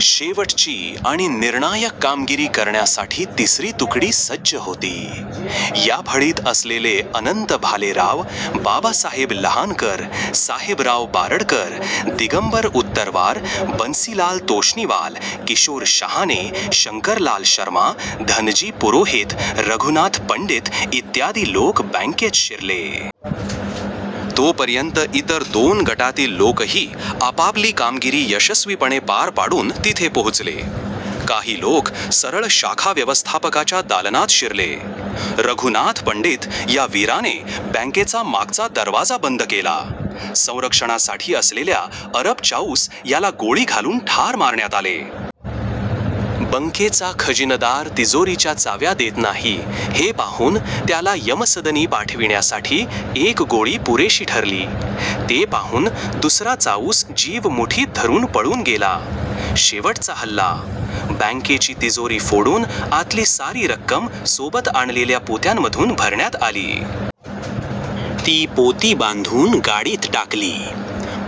शेवटची आणि निर्णायक कामगिरी करण्यासाठी तिसरी तुकडी सज्ज होती. या फळीत असलेले अनंत भालेराव, बाबासाहेब लहानकर, साहेबराव बारडकर, दिगंबर उत्तरवार, बन्सीलाल तोष्णीवाल, किशोर शहाणे, शंकरलाल शर्मा, धनजी पुरोहित, रघुनाथ पंडित इत्यादी लोक बँकेत शिरले. तोपर्यंत इतर दोन गटातील लोकही आपापली कामगिरी यशस्वीपणे पार पाडून तिथे पोहोचले. काही लोक सरळ शाखा व्यवस्थापकाच्या दालनात शिरले. रघुनाथ पंडित या वीराने बँकेचा मागचा दरवाजा बंद केला. संरक्षणासाठी असलेल्या अरब चाऊस याला गोळी घालून ठार मारण्यात आले. बँकेचा खजिनदार तिजोरीच्या चाव्या देत नाही हे पाहून त्याला यमसदनी पाठविण्यासाठी एक गोळी पुरेशी ठरली. ते पाहून दुसरा चाऊस जीव मुठीत धरून पळून गेला. शेवटचा हल्ला बँकेची तिजोरी फोडून आतली सारी रक्कम सोबत आणलेल्या पोत्यांमधून भरण्यात आली. ती पोती बांधून गाडीत टाकली.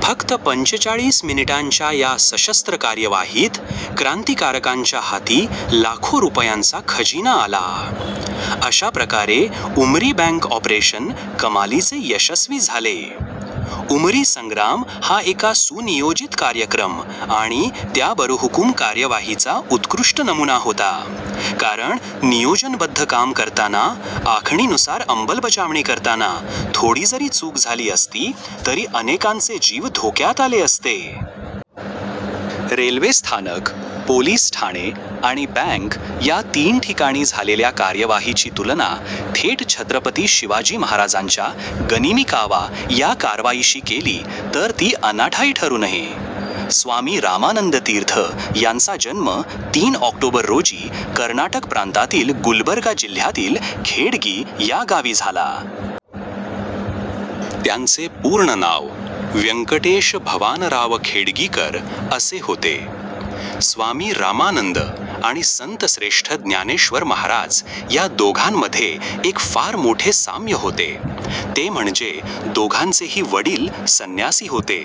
फक्त पंचेचाळीस मिनिटांच्या या सशस्त्र कार्यवाहीत क्रांतिकारकांच्या हाती लाखो रुपयांचा खजिना आला. अशाप्रकारे उमरी बँक ऑपरेशन कमालीचे यशस्वी झाले. उमरी संग्राम हा एका सुनियोजित कार्यक्रम आणि त्याबरहुकूम कार्यवाहीचा उत्कृष्ट नमुना होता, कारण नियोजनबद्ध काम करताना, आखणीनुसार अंमलबजावणी करताना थोडी जरी चूक झाली असती, तरी अनेकांचे जीव धोक्यात आले असते. रेल्वेस्थानक, पोलीस ठाणे आणि बँक या तीन ठिकाणी झालेल्या कार्यवाहीची तुलना थेट छत्रपती शिवाजी महाराजांच्या गनिमी कावा या कारवाईशी केली, तर ती अनाठायी ठरू नये. स्वामी रामानंद तीर्थ यांचा जन्म तीन ऑक्टोबर रोजी कर्नाटक प्रांतातील गुलबर्गा जिल्ह्यातील खेडगी या गावी झाला. त्यांचे पूर्ण नाव व्यंकटेश भवानराव खेडगीकर असे होते. स्वामी रामानंद आणि संतश्रेष्ठ ज्ञानेश्वर महाराज या दोघांमध्ये एक फार मोठे साम्य होते, ते म्हणजे दोघांचेही वडील संन्यासी होते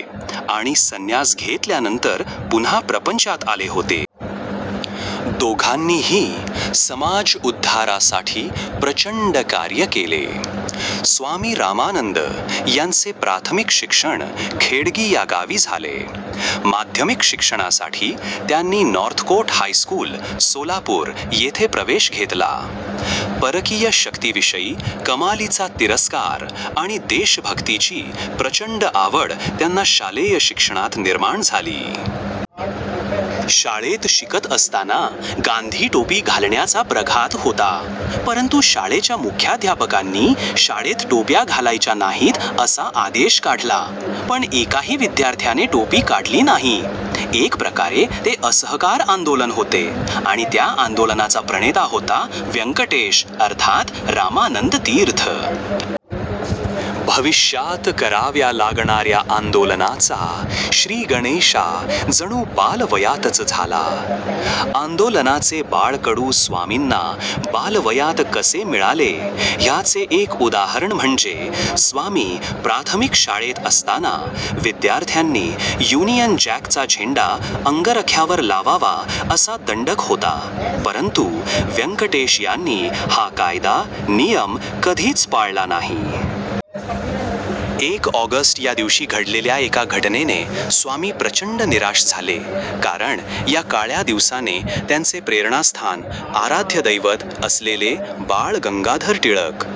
आणि संन्यास घेतल्यानंतर पुन्हा प्रपंचात आले होते. दोघांनीही समाज उद्धारासाठी प्रचंड कार्य केले. स्वामी रामानंद यांचे प्राथमिक शिक्षण खेडगी या गावी झाले. माध्यमिक शिक्षणासाठी त्यांनी नॉर्थकोट हायस्कूल, सोलापूर येथे प्रवेश घेतला. परकीय शक्तीविषयी कमालीचा तिरस्कार आणि देशभक्तीची प्रचंड आवड त्यांना शालेय शिक्षणात निर्माण झाली. शाळेत शिकत असताना गांधी टोपी घालण्याचा प्रघात होता, परंतु शाळेच्या मुख्याध्यापकांनी शाळेत टोप्या घालायच्या नाहीत असा आदेश काढला. पण एकाही विद्यार्थ्याने टोपी काढली नाही. एकप्रकारे ते असहकार आंदोलन होते आणि त्या आंदोलनाचा प्रणेता होता व्यंकटेश अर्थात रामानंद तीर्थ. भविष्यात कराव्या लागणाऱ्या आंदोलनाचा श्रीगणेशा जणू बालवयातच झाला. आंदोलनाचे बाळकडू स्वामींना बालवयात कसे मिळाले, ह्याचे एक उदाहरण म्हणजे स्वामी प्राथमिक शाळेत असताना विद्यार्थ्यांनी युनियन जॅकचा झेंडा अंगरख्यावर लावावा असा दंडक होता, परंतु व्यंकटेश यांनी हा कायदा, नियम कधीच पाळला नाही. एक ऑगस्ट या दिवशी घडलेल्या एका घटनेने स्वामी प्रचंड निराश झाले, कारण या काळ्या दिवसाने त्यांचे प्रेरणास्थान, आराध्य दैवत असलेले बाळ गंगाधर टिळक.